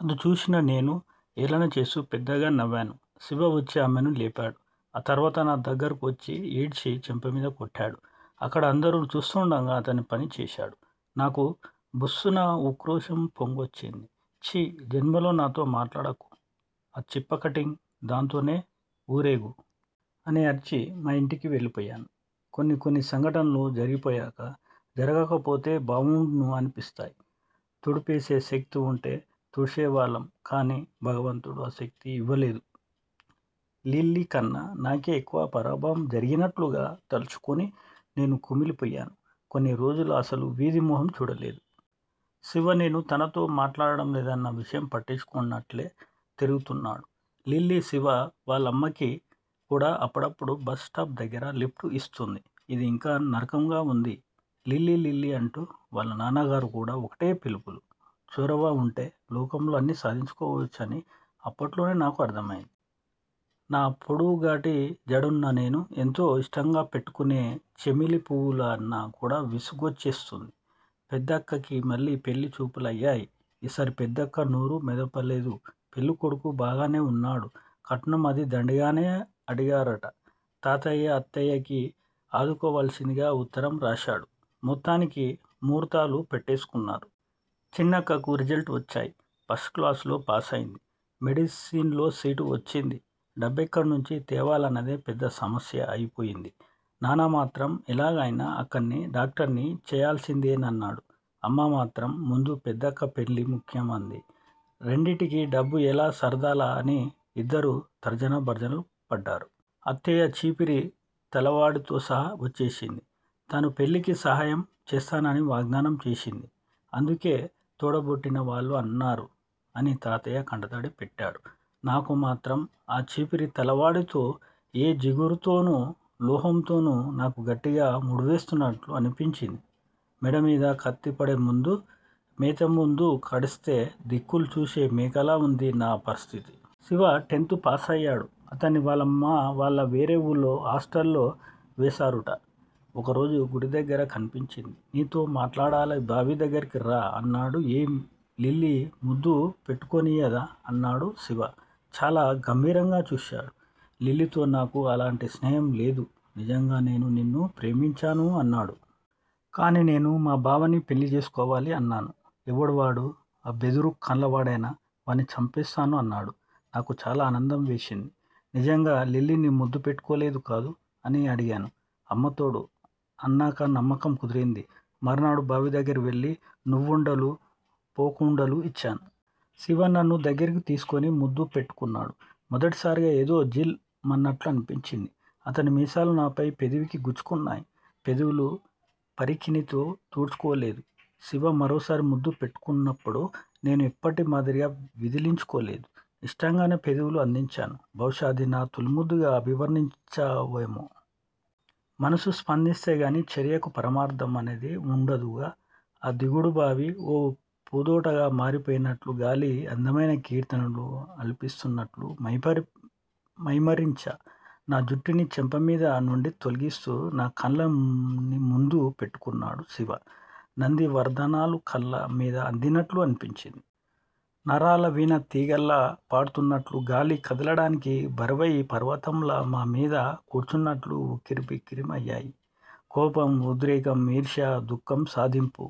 అది చూసిన నేను హేళన చేస్తూ పెద్దగా నవ్వాను. శివ వచ్చి ఆమెని లేపాడు. ఆ తర్వాత నా దగ్గరకువచ్చి యీడ్చి చెంపమీద కొట్టాడు. అక్కడ అందరూ చూస్తుండగా అతనీ పని చేశాడు. నాకు బుస్సున ఉక్రోషం పొంగుకొచ్చింది. ఛీ! జన్మలో నాతో మాట్లాడకు. ఆ చిప్పకట్టింగ్ దాంతోనే వూరేగు! అని అరిచి మా ఇంటికి వెళ్ళిపోయాను. కొన్ని కొన్ని సంఘటనలు జరిగిపోయాకా, జరగకపోతే బావుండ్ను అనిపిస్తాయి. తుడిపేసే శక్తివుంటే తుడిచేసేవాళ్ళం. కానీ భగవంతుడు ఆ శక్తి ఇవ్వలేదు. లిల్లీకన్నా నాకే ఎక్కువ పరాభవం జరిగినట్లుగా తలుచుకుని నేను కుమిలిపోయాను. కొన్ని రోజులు అసలు వీధి మొహం చూడలేదు. శివ నేను తనతో మాట్లాడటంలేదన్న విషయం పట్టించుకోనట్లే తిరుగుతున్నాడు. లిల్లీ శివా వాళ్ళమ్మకి కూడా అప్పుడప్పుడూ బస్ స్టాప్ దగ్గర లిఫ్ట్ ఇస్తోంది. ఇది యింకా నరకంగా వుంది. లిల్లీ లిల్లీ అంటూ వాళ్ళ నాన్నగారు కూడా ఒకటే పిలుపులు. చొరవ ఉంటే లోకంలో అన్నీ సాధించుకోవచ్చు అని అప్పట్లోనే నాకు అర్థమయింది! నా పొడుగాటి జడన్నా, నేను ఎంతో ఇష్టంగా పెట్టుకునే చెమేలీ పువ్వులన్నా కూడా విసుగొచ్చేస్తోంది! పెద్దక్కకి మళ్ళీ పెళ్ళి చూపులయ్యాయి. ఈసారి పెద్దక్క నోరు మెదపలేదు. పెళ్ళికొడుకు బాగానే ఉన్నాడు. కట్నం అదీ దండిగానే అడిగారుట! తాతయ్య అత్తయ్యకి ఆదుకోవలసిందిగా ఉత్తరం రాశాడు. మొత్తానికి ముహూర్తాలు పెట్టేసుకున్నారు. చిన్నక్క రిజల్ట్స్ వచ్చాయి. ఫస్ట్ క్లాసులో పాసయింది. మెడిసిన్లో సీటు వచ్చింది. డబ్బెక్కడ్నించి తేవాలన్నదే పెద్ద సమస్య అయిపొయింది. నాన్నమాత్రం ఎలాగయినా అక్కని డాక్టర్ని చెయ్యాల్సిందేనన్నాడు. అమ్మ మాత్రం ముందు పెద్దక్క పెళ్ళి ముఖ్యం అంది. రెండింటికీ డబ్బు యెలా సర్దాలా అని యిద్దరూ తర్జన భర్జనలు పడ్డారు. అత్తయ్య చీపిరి తలవాడితోసహా వచ్చేసింది. తను పెళ్ళికి సహాయం చేస్తానని వాగ్దానం చేసింది. అందుకే తోడబుట్టిన వాళ్ళు అన్నారు అని తాతయ్య కంటతడి పెట్టాడు. నాకు మాత్రం ఆ చీపిరి తలవాడితో ఏ జిగురుతోనో లోహంతోనో నాకు గట్టిగా ముడివేస్తున్నట్లు అనిపించింది. మెడమీద కత్తిపడే ముందు, మేత ముందు కడేస్తే దిక్కులు చూసే మేకలా వుంది నా పరిస్థితి! శివా టెన్త్ పాసయ్యాడు. అతన్ని వాళ్ళమ్మా వాళ్ళు వేరే ఊళ్ళో హాస్టల్లో వేశారుట. ఒకరోజు గుడిదగ్గర కనిపించి నీతో మాట్లాడాలి బావి దగ్గరకు రా! అన్నాడు. ఏం లిల్లీ ముద్దు పెట్టుకోనియ్యదా? అన్నాను. శివ చాలా గంభీరంగా చూశాడు. లిల్లీతో నాకు అలాంటి స్నేహంలేదు. నిజంగా నేను నిన్ను ప్రేమించాను అన్నాడు. కానీ నేను మా బావని పెళ్ళిచేసుకోవాలి అన్నాను. ఎవడు వాడు? ఆ బెదురు కళ్ళవాడేనా? వాణ్ణి చంపేస్తాను అన్నాడు. నాకు చాలా ఆనందం వేసింది. నిజంగా లిల్లీని ముద్దు పెట్టుకోలేదు కదూ! అని అడిగాను. అమ్మతోడు! అన్నాక నమ్మకం కుదిరింది. మరునాడు బావి దగ్గరికి వెళ్ళి నువ్వుండలూ, పోకుండలూ ఇచ్చాను. శివ నన్ను దగ్గరకి తీసుకుని ముద్దు పెట్టుకున్నాడు. మొదటిసారిగా ఏదో 'జిల్'మన్నట్లు అనిపించింది. అతని మీసాలు నా పై పెదవికి గుచ్చుకున్నాయి. పెదవులు పరికిణీతో తుడుచుకోలేదు. శివ మరోసారి ముద్దు పెట్టుకొంటున్నప్పుడు నేను ఎప్పటి మాదిరిగా విదిలించుకోలేదు. ఇష్టంగానే పెదవులు అందించాను. బహుశా అది నా తొలిముద్దుగా అభివర్ణించవచ్చేమో! మనసు స్పందిస్తే కానీ చర్యకి పరమార్థం అనేది ఉండదుగా! ఆ దిగుడుబావి ఓ పూదోటగా మారిపోయినట్లూ గాలి అందమైన కీర్తనలు ఆలపిస్తున్నట్లూ మైమరిచా. నా జుట్టుని చెంపల మీద నుండి తొలగిస్తూ నా కళ్ళని ముద్దు పెట్టుకున్నాడు శివ. నందివర్ధనాలు కళ్ళ మీద అద్దినట్లుగా అనిపించింది. నరాలు వీణ తీగల్లా పాడుతున్నట్లూ గాలి కదలడానికి బరువై పర్వతంలా మా మీద కూర్చున్నట్లూ ఉక్కిరి బిక్కిరయ్యాము. కోపం, ఉద్రేకం, ఈర్ష్యా, దుఃఖం సాధింపూ